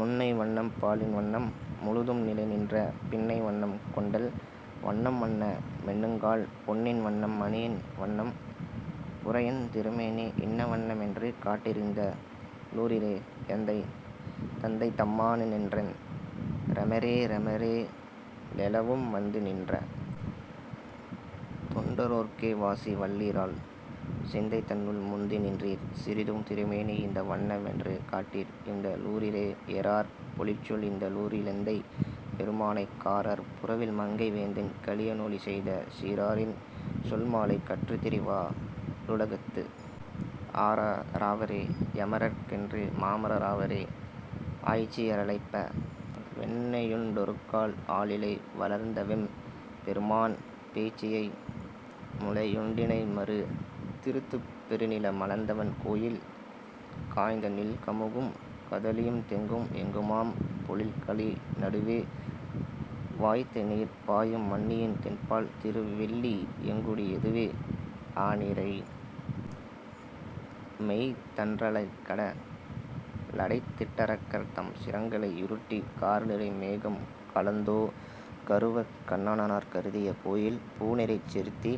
முன்னை வண்ணம் பாலின் வண்ணம் முழுதும் நிலைநின்ற, பின்னை வண்ணம் கொண்டல் வண்ணம் வண்ண மெண்ணுங்கால், பொன்னின் வண்ணம் மணியின் வண்ணம் புரையுந் திருமேனி, இன்ன வண்ண மென்று காட்டீர் இந்த ளூரீரே. எந்தை தந்தை தம்மா னென்றென் றெமெரே றெமரெ ழேளவும், வந்து நின்ற தொண்டரோர்க்கே வாசி வல்லீரால், சிந்தை தன்னுள் முந்தி நிற்றிர் சிறிதும் திருமேனி, இந்த வண்ண மென்று காட்டீர் இந்த ளூரீரே ஏரார் பொழில்சூழ் இந்த ளூரி லெந்தை பெருமானை, காரார் புறவில் மங்கை வேந்தன் கலிய னொலிசெய்த, சீரா ரின்சொல் மாலை கற்றுத் திரிவா ருலகத்து, ஆரா ரவரே யமரர்க் கென்று மமர ராவாரே ஆய்ச்சியரழைப்ப வெண்ணெயுண்டொருகால் ஆலிலை வளர்ந்தவெம் பெருமான், பேய்ச்சியை முலயுண் டிணைமரு திறுத்துப் பெருநில மளந்தவன் கோயில், காய்த்தநீள் கமுகும் கதலியும் தெங்கும் எங்குமாம் பொழில்களி னடுவே, வாய்த்தநீர் பாயும் மண்ணியின் தென்பால் திருவெள்ளி யங்குடி யதுவே ஆநிரை மேய்த்தன் றலைகட லடைத்திட்டரக்கர் தம் சிரங்களை யுருட்டி, கார்நிறை மேகம் கலந்தோ கருவக் கண்ணனார் கருதிய கோயில், பூநீரைச் செருந்தி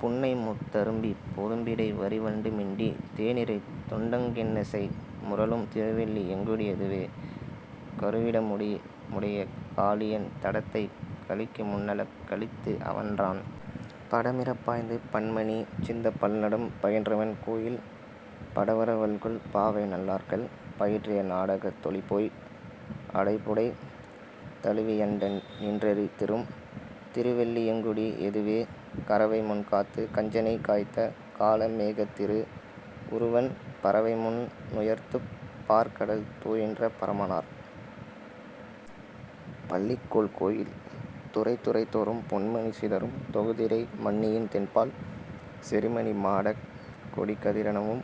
புன்னைமுத் தரும்பிப் பொதும்பிடை வரிவண்டு மிண்டி, தேனிரைத் துண்டங் கின்னிசை முரலும் திருவெள்ளி யங்குடி யதுவே கடுவிடமுடைய காளியன் தடத்தைக் கலக்கிமுன் னலக்கழித்து, அவன்றன் படமிறப் பாய்ந்து பன்மணி சிந்தப் பல்நடம் பயின்றவன் கோயில், படவர வல்குல் பாவைநல் லார்கள் பயிற்றிய நாடகத் தொலிபோய், அடைபுடை தழுவி யண்டநின் றதிரும் திருவெள்ளி யங்குடி யதுவே கறவைமுன் காத்துக் கஞ்சனைக் காய்த்த காளமே கத்திரு வுருவன், பறவைமுன் னுயர்த்துப் பாற்கடல் துயின்ற பரமனார் பள்ளிகொள் கோயில், துறைதுறை தோறும் பொன்மணி சிதறும் தொகுதிரை மண்ணியின் தென்பால், செறிமணி மாடக் கொடிகதி ரணவும்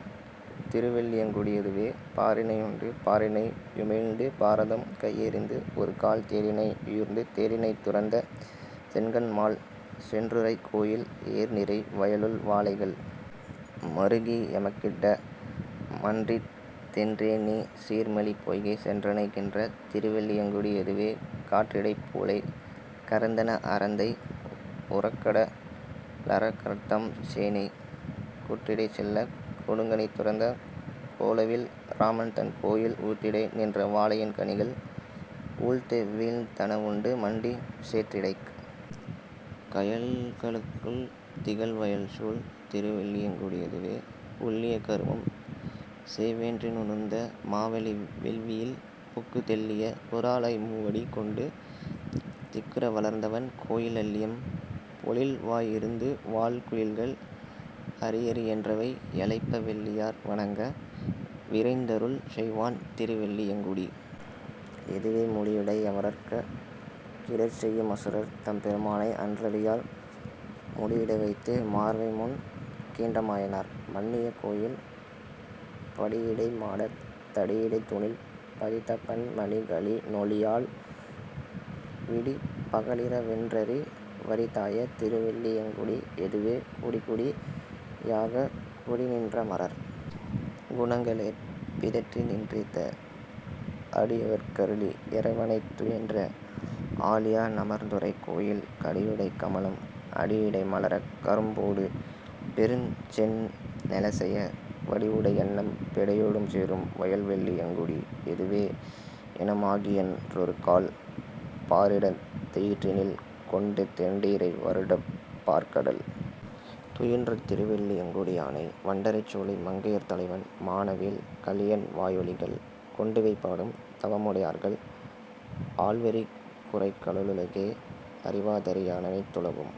திருவெள்ளி யங்குடி யதுவே பாரினை யுண்டு பாரினை யுமிழ்ந்து பாரதம் கையெறிந்து, ஒருகால் தேரினை யூர்ந்து தேரினைத் துரந்த செங்கண்மால் சென்றுறை கோயில், ஏர்நிரை வயளுள் வாளைகள் மறுகி எமக்கிட மன்றிதென்றெண்ணி, சீர்மலி பொய்கை சென்றணை கின்ற திருவெள்ளி யங்குடி யதுவே காற்றிடைப் பூளை கரந்தன அரந்தை உறக்கட லரக்கர்தம் சேனை, கூற்றிடைச் செல்லக் கொடுங்கணை துரந்த கோலவில் இராமன் தன் கோயில், ஊற்றிடை நின்ற வாழையின் கனிகள் ஊழ்த்துவீழ்ந் தனவுண்டு மண்டி, சேற்றிடைக் கயல்க ளுள்திகழ் வயல்சூழ் திருவெள்ளி யங்குடி யதுவே ஓள்ளிய கருமம் செய்வனென் றுணர்ந்த மாவலி வேள்வியில் புக்கு, தெள்ளிய குறளாய் மூவடி கொண்டு திக்குற வளர்ந்தவன் கோயில் அள்ளியம் பொழில்வா யிருந்துவாழ் குயில்கள் அரியரி யென்றவை யழைப்ப வெள்ளியார் வணங்க விரைந்தருள் செய்வான் திருவெள்ளி யங்குடி யதுவே முடியுடை யமரர்க் கிடர்செயு மசுரர் தம்பெரு மானை, அன் றரியாய் மடியிடை வைத்து மார்வைமுன் கீண்ட மாயனார் மன்னிய கோயில், படியிடை மாடத் தடியிடைத் தூணில் பதித்தபன் மணிகளி னொளியால், விடிபக லிரவென் றறிவரி தாய திருவெள்ளி யங்குடி யதுவே குடிகுடி யாகக் கூடிநின் றமரர் குணங்களே பிதற்றிநின் றேத்த அடியவர்க் கருளி யரவணைத் துயின்ற ஆழியா நமர்ந்துறை கோயில், கடியுடைக் கமலம் அடியிடை மலரக் கரும்பொடு பெருஞ்செந்நெ லசைய, வடிவுடை யன்னம் பெடையொடும் சேரும் வயல்வெள்ளி யங்குடி யதுவே ஏன மாகியன் றொருகால், பாரிடந் தெயிற்றினில் கொண்டு, தெண்டிரை வருடப் பாற்கடல் துயின்ற திருவெள்ளி யங்குடி யானை, வண்டறை சோலை மங்கையர் தலைவன் மானவேல் கலியன்வா யொலிகள், கொண்டிவை பாடும் தவமுடையார்கள் ஆள்வரிக் குரைகட லுலகே அறிவ தரியா னனைத்துலகும்